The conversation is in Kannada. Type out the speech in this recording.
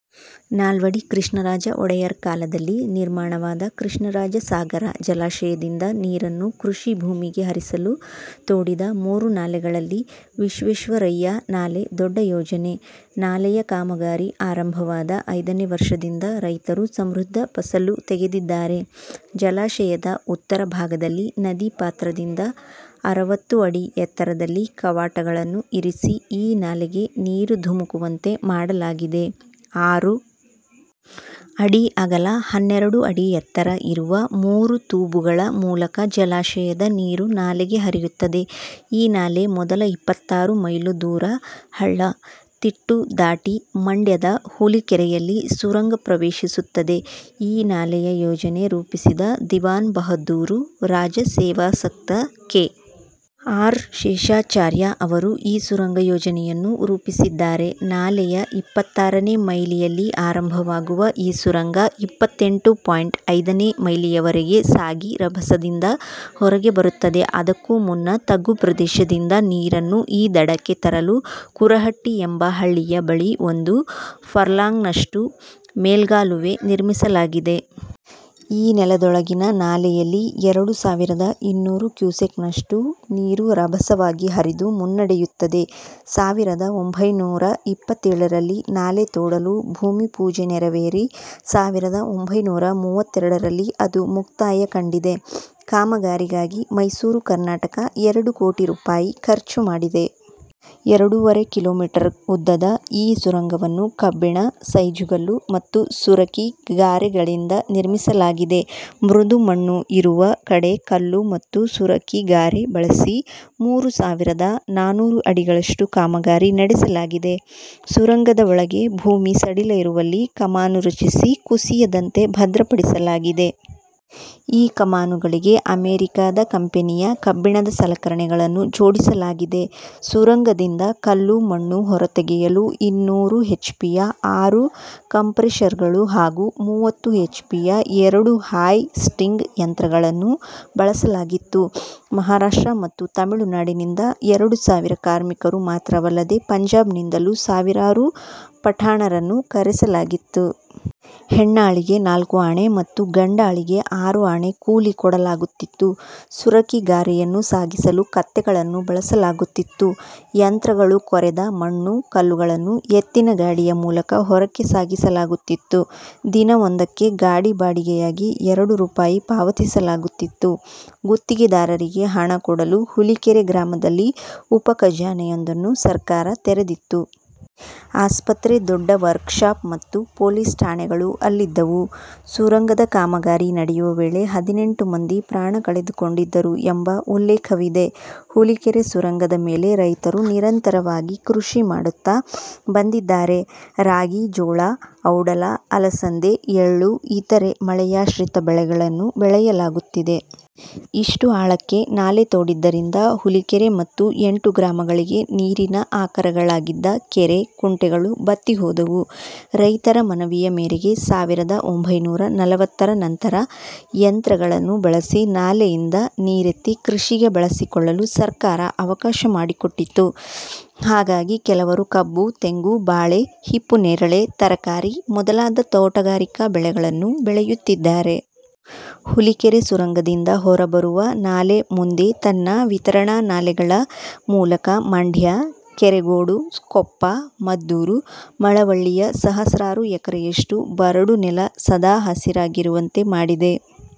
ನಾಲ್ವಡಿ ಕೃಷ್ಣರಾಜ ಒಡೆಯರ್ ಕಾಲದಲ್ಲಿ ನಿರ್ಮಾಣವಾದ ಕೃಷ್ಣರಾಜ ಸಾಗರ ಜಲಾಶಯದಿಂದ ನೀರನ್ನು ಕೃಷಿ ಭೂಮಿಗೆ ಹರಿಸಲು ತೋಡಿದ ಮೂರು ನಾಲೆಗಳಲ್ಲಿ ವಿಶ್ವೇಶ್ವರಯ್ಯ ನಾಲೆ ದೊಡ್ಡ ಯೋಜನೆ. ನಾಲೆಯ ಕಾಮಗಾರಿ ಆರಂಭವಾದ ಐದನೇ ವರ್ಷದಿಂದ ರೈತರು ಸಮೃದ್ಧ ಫಸಲು ತೆಗೆದಿದ್ದಾರೆ. ಜಲಾಶಯದ ಉತ್ತರ ಭಾಗದಲ್ಲಿ, ನದಿ ಪಾತ್ರದಿಂದ ಅರವತ್ತು ಅಡಿ ಎತ್ತರದಲ್ಲಿ ಕವಾಟಗಳನ್ನು ಇರಿಸಿ ಈ ನಾಲೆಗೆ ನೀರು ಧುಮುಕುವಂತೆ ಮಾಡಲಾಗಿದೆ. ಆರು ಅಡಿ ಅಗಲ, ಹನ್ನೆರಡು ಅಡಿ ಎತ್ತರ ಇರುವ ಮೂರು ತೂಬುಗಳ ಮೂಲಕ ಜಲಾಶಯದ ನೀರು ನಾಲೆಗೆ ಹರಿಯುತ್ತದೆ. ಈ ನಾಲೆ ಮೊದಲ ಇಪ್ಪತ್ತಾರು ಮೈಲು ದೂರ ಹಳ್ಳ, ತಿಟ್ಟು ದಾಟಿ ಮಂಡ್ಯದ ಹುಲಿಕೆರೆಯಲ್ಲಿ ಸುರಂಗ ಪ್ರವೇಶಿಸುತ್ತದೆ. ಈ ನಾಲೆಯ ಯೋಜನೆ ರೂಪಿಸಿದ ದಿವಾನ್ ಬಹದ್ದೂರು ರಾಜ ಸೇವಾಸಕ್ತ ಕೆ. ಆರ್. ಶೇಷಾಚಾರ್ಯ ಅವರು ಈ ಸುರಂಗ ಯೋಜನೆಯನ್ನು ರೂಪಿಸಿದ್ದಾರೆ. ನಾಲೆಯ ಇಪ್ಪತ್ತಾರನೇ ಮೈಲಿಯಲ್ಲಿ ಆರಂಭವಾಗುವ ಈ ಸುರಂಗ ಇಪ್ಪತ್ತೆಂಟು ಪಾಯಿಂಟ್ ಐದನೇ ಮೈಲಿಯವರೆಗೆ ಸಾಗಿ ರಭಸದಿಂದ ಹೊರಗೆ ಬರುತ್ತದೆ. ಅದಕ್ಕೂ ಮುನ್ನ ತಗ್ಗು ಪ್ರದೇಶದಿಂದ ನೀರನ್ನು ಈ ದಡಕ್ಕೆ ತರಲು ಕುರಹಟ್ಟಿ ಎಂಬ ಹಳ್ಳಿಯ ಬಳಿ ಒಂದು ಫರ್ಲಾಂಗ್ನಷ್ಟು ಮೇಲ್ಗಾಲುವೆ ನಿರ್ಮಿಸಲಾಗಿದೆ. ಈ 'ನೆಲದೊಳಗಿನ ನಾಲೆ'ಯಲ್ಲಿ ಎರಡು ಸಾವಿರದ ಇನ್ನೂರು ಕ್ಯೂಸೆಕ್ಸ್ ನಷ್ಟು ನೀರು ರಭಸವಾಗಿ ಹರಿದು ಮುನ್ನಡೆಯುತ್ತದೆ. ಸಾವಿರದ ಒಂಭೈನೂರ ಇಪ್ಪತ್ತೇಳರಲ್ಲಿ ನಾಲೆ ತೋಡಲು ಭೂಮಿ ಪೂಜೆ ನೆರವೇರಿ ಸಾವಿರದ ಒಂಭೈನೂರ ಮೂವತ್ತೆರಡರಲ್ಲಿ ಅದು ಮುಕ್ತಾಯ ಕಂಡಿದೆ. ಕಾಮಗಾರಿಗಾಗಿ ಮೈಸೂರು ಸರ್ಕಾರ ಎರಡು ಕೋಟಿ ರೂಪಾಯಿ ಖರ್ಚು ಮಾಡಿದೆ. ಎರಡೂವರೆ ಕಿಲೋಮೀಟರ್ ಉದ್ದದ ಈ ಸುರಂಗವನ್ನು ಕಬ್ಬಿಣ, ಸೈಜುಗಲ್ಲು ಮತ್ತು ಸುರಕಿ ಗಾರೆಗಳಿಂದ ನಿರ್ಮಿಸಲಾಗಿದೆ. ಮೃದು ಮಣ್ಣು ಇರುವ ಕಡೆ ಕಲ್ಲು ಮತ್ತು ಸುರಕಿ ಗಾರೆ ಬಳಸಿ, ಮೂರು ಸಾವಿರದ ನಾನೂರು ಅಡಿಗಳಷ್ಟು ಕಾಮಗಾರಿ ನಡೆಸಲಾಗಿದೆ. ಸುರಂಗದ ಒಳಗೆ ಭೂಮಿ ಸಡಿಲ ಇರುವಲ್ಲಿ ಕಮಾನು ರಚಿಸಿ ಕುಸಿಯದಂತೆ ಭದ್ರಪಡಿಸಲಾಗಿದೆ. ಈ ಕಮಾನುಗಳಿಗೆ ಅಮೆರಿಕದ ಕಂಪೆನಿಯ ಕಬ್ಬಿಣದ ಸಲಕರಣೆಗಳನ್ನು ಜೋಡಿಸಲಾಗಿದೆ. ಸುರಂಗದಿಂದ ಕಲ್ಲು, ಮಣ್ಣು ಹೊರ ತೆಗೆಯಲು ಇನ್ನೂರು ಎಚ್ಪಿಯ ಆರು ಕಂಪ್ರೆಷರ್ಗಳು ಹಾಗೂ ಮೂವತ್ತು ಎಚ್ಪಿಯ ಎರಡು ಹಾಯ್ ಸ್ಟಿಂಗ್ ಯಂತ್ರಗಳನ್ನು ಬಳಸಲಾಗಿತ್ತು. ಮಹಾರಾಷ್ಟ್ರ ಮತ್ತು ತಮಿಳುನಾಡಿನಿಂದ ಎರಡು ಸಾವಿರ ಕಾರ್ಮಿಕರು ಮಾತ್ರವಲ್ಲದೆ ಪಂಜಾಬ್ನಿಂದಲೂ ಸಾವಿರಾರು ಪಠಾಣರನ್ನು ಕರೆಸಲಾಗಿತ್ತು. ಹೆಣ್ಣಾಳಿಗೆ ನಾಲ್ಕು ಆಣೆ ಮತ್ತು ಗಂಡಾಳಿಗೆ ಆರು ಆಣೆ ಕೂಲಿ ಕೊಡಲಾಗುತ್ತಿತ್ತು. ಸುರಕಿ ಗಾರೆಯನ್ನು ಸಾಗಿಸಲು ಕತ್ತೆಗಳನ್ನು ಬಳಸಲಾಗುತ್ತಿತ್ತು. ಯಂತ್ರಗಳು ಕೊರೆದ ಮಣ್ಣು, ಕಲ್ಲುಗಳನ್ನು ಎತ್ತಿನ ಗಾಡಿಯ ಮೂಲಕ ಹೊರಕ್ಕೆ ಸಾಗಿಸಲಾಗುತ್ತಿತ್ತು. ದಿನವೊಂದಕ್ಕೆ ಗಾಡಿ ಬಾಡಿಗೆಯಾಗಿ ಎರಡು ರೂಪಾಯಿ ಪಾವತಿಸಲಾಗುತ್ತಿತ್ತು. ಗುತ್ತಿಗೆದಾರರಿಗೆ ಹಣ ಕೊಡಲು ಹುಲಿಕೆರೆ ಗ್ರಾಮದಲ್ಲಿ ಉಪ ಖಜಾನೆಯೊಂದನ್ನು ಸರ್ಕಾರ ತೆರೆದಿತ್ತು. ಆಸ್ಪತ್ರೆ, ದೊಡ್ಡ ವರ್ಕ್ ಶಾಪ್ ಮತ್ತು ಪೊಲೀಸ್ ಠಾಣೆಗಳೂ ಅಲ್ಲಿದ್ದವು. ಸುರಂಗದ ಕಾಮಗಾರಿ ನಡೆಯುವ ವೇಳೆ ಹದಿನೆಂಟು ಮಂದಿ ಪ್ರಾಣ ಕಳೆದುಕೊಂಡಿದ್ದರು ಎಂಬ ಉಲ್ಲೇಖವಿದೆ. ಹುಲಿಕೆರೆ ಸುರಂಗದ ಮೇಲೆ ರೈತರು ನಿರಂತರವಾಗಿ ಕೃಷಿ ಮಾಡುತ್ತಾ ಬಂದಿದ್ದಾರೆ. ರಾಗಿ, ಜೋಳ, ಔಡಲ, ಅಲಸಂದೆ, ಎಳ್ಳು ಇತರ ಮಳೆಯಾಶ್ರಿತ ಬೆಳೆಗಳನ್ನು ಬೆಳೆಯಲಾಗುತ್ತಿದೆ. ಇಷ್ಟು ಆಳಕ್ಕೆ ನಾಲೆ ತೋಡಿದ್ದರಿಂದ ಹುಲಿಕೆರೆ ಮತ್ತು ಎಂಟು ಗ್ರಾಮಗಳಿಗೆ ನೀರಿನ ಆಕರಗಳಾಗಿದ್ದ ಕೆರೆ, ಕುಂಟೆಗಳು ಬತ್ತಿ ಹೋದವು. ರೈತರ ಮನವಿಯ ಮೇರೆಗೆ ಸಾವಿರದ ಒಂಭೈನೂರ ನಲವತ್ತರ ನಂತರ ಯಂತ್ರಗಳನ್ನು ಬಳಸಿ ನಾಲೆಯಿಂದ ನೀರೆತ್ತಿ ಕೃಷಿಗೆ ಬಳಸಿಕೊಳ್ಳಲು ಸರ್ಕಾರ ಅವಕಾಶ ಮಾಡಿಕೊಟ್ಟಿತು. ಹಾಗಾಗಿ ಕೆಲವರು ಕಬ್ಬು, ತೆಂಗು, ಬಾಳೆ, ಹಿಪ್ಪುನೇರಳೆ, ತರಕಾರಿ ಮೊದಲಾದ ತೋಟಗಾರಿಕಾ ಬೆಳೆಗಳನ್ನೂ ಬೆಳೆಯುತ್ತಿದ್ದಾರೆ. ಹುಲಿಕೆರೆ ಸುರಂಗದಿಂದ ಹೊರ ಬರುವ ನಾಲೆ ಮುಂದೆ ತನ್ನ ವಿತರಣಾ ನಾಲೆಗಳ ಮೂಲಕ ಮಂಡ್ಯ, ಕೆರಗೋಡು, ಕೊಪ್ಪ, ಮದ್ದೂರು, ಮಳವಳ್ಳಿಯ ಸಹಸ್ರಾರು ಎಕರೆಯಷ್ಟು ಬರಡು ನೆಲ ಸದಾ ಹಸಿರಾಗಿರುವಂತೆ ಮಾಡಿದೆ.